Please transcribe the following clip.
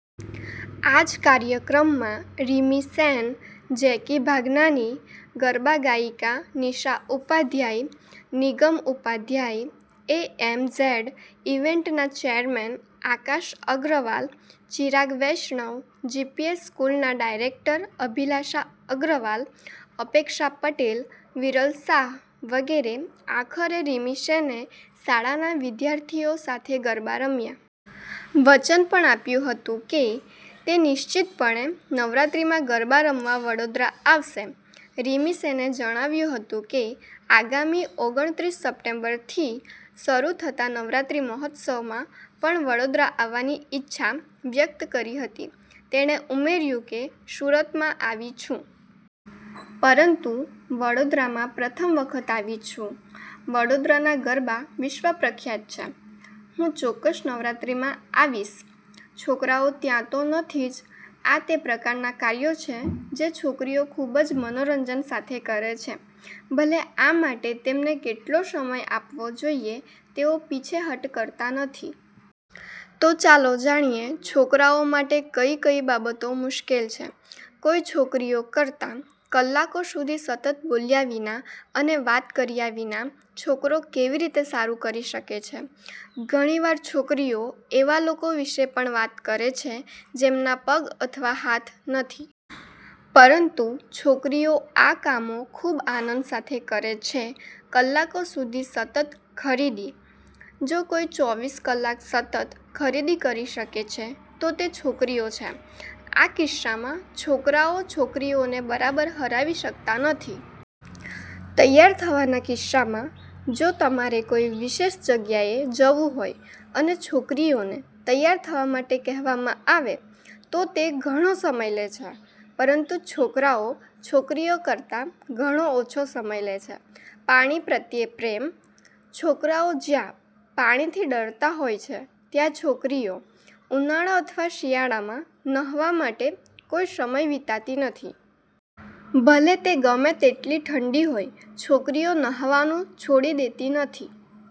આ જ કાર્યક્રમમાં રિમિ સેન, જેકી ભાગનાની, ગરબા ગાયિકા Nisha Upadhyay Nigam Upadhyay, A. M. Z ઇવેન્ટના ચેરમેન આકાશ અગ્રવાલ, ચિરાગ વૈષ્ણવ, જીપીએસ સ્કૂલના ડાયરેક્ટર અભિલાષા અગ્રવાલ, અપેક્ષા પટેલ, વિરલ શાહ, વગેરે. આખરે રિમિ સેને શાળાના વિદ્યાર્થીઓ સાથે ગરબા રમ્યા. વચન પણ આપ્યું હતું કે તે નિશ્ચિતપણે નવરાત્રીમાં ગરબા રમવા વડોદરા આવશે. રિમી સેને જણાવ્યું હતું કે, આગામી ઓગણત્રીસ સપ્ટેમ્બરથી શરૂ થતા નવરાત્રિ મહોત્સવમાં પણ વડોદરા આવવાની ઇચ્છા વ્યક્ત કરી હતી. તેણે ઉમેર્યું કે, સુરતમાં આવી છું. પરંતુ વડોદરામાં પ્રથમ વખત આવી છું. વડોદરાના ગરબા વિશ્વ વિખ્યાત છે. હું ચોક્કસ નવરાત્રિમાં આવીશ. છોકરાઓ ત્યાં તો નથી જ. આ તે પ્રકારનાં કાર્યો છે જે છોકરીઓ ખૂબ જ મનોરંજન સાથે કરે છે, ભલે આ માટે તેમને કેટલો સમય આપવો જોઇએ, તેઓ પીછેહઠ કરતા નથી. તો ચાલો જાણીએ છોકરાઓ માટે કઈ કઈ બાબતો મુશ્કેલ છે: કોઈ છોકરીઓ કરતાં કલાકો સુધી સતત બોલ્યા વિના અને વાત કર્યા વિના, છોકરો કેવી રીતે સારું કરી શકે છે. ઘણી વાર છોકરીઓ એવા લોકો વિશે પણ વાત કરે છે જેમના પગ અથવા હાથ નથી. પરંતુ છોકરીઓ આ કામો ખૂબ આનંદ સાથે કરે છે. કલાકો સુધી સતત ખરીદી: જો કોઈ ચોવીસ કલાક સતત ખરીદી કરી શકે છે, તો તે છોકરીઓ છે. આ કિસ્સામાં, છોકરાઓ છોકરીઓને બરાબર હરાવી શકતા નથી. તૈયાર થવાના કિસ્સામાં: જો તમારે કોઈ વિશેષ જગ્યાએ જવું હોય અને છોકરીઓને તૈયાર થવા માટે કહેવામાં આવે, તો તે ઘણો સમય લે છે. પરંતુ છોકરાઓ છોકરીઓ કરતા ઘણો ઓછો સમય લે છે. પાણી પ્રત્યે પ્રેમ: છોકરાઓ જ્યાં પાણીથી ડરતા હોય છે, ત્યાં છોકરીઓ ઉનાળા અથવા શિયાળામાં ન્હાવા માટે કોઈ સમય વિતાતી નથી. ભલે તે ગમે તેટલી ઠંડી હોય, છોકરીઓ નહાવાનું છોડી દેતી નથી.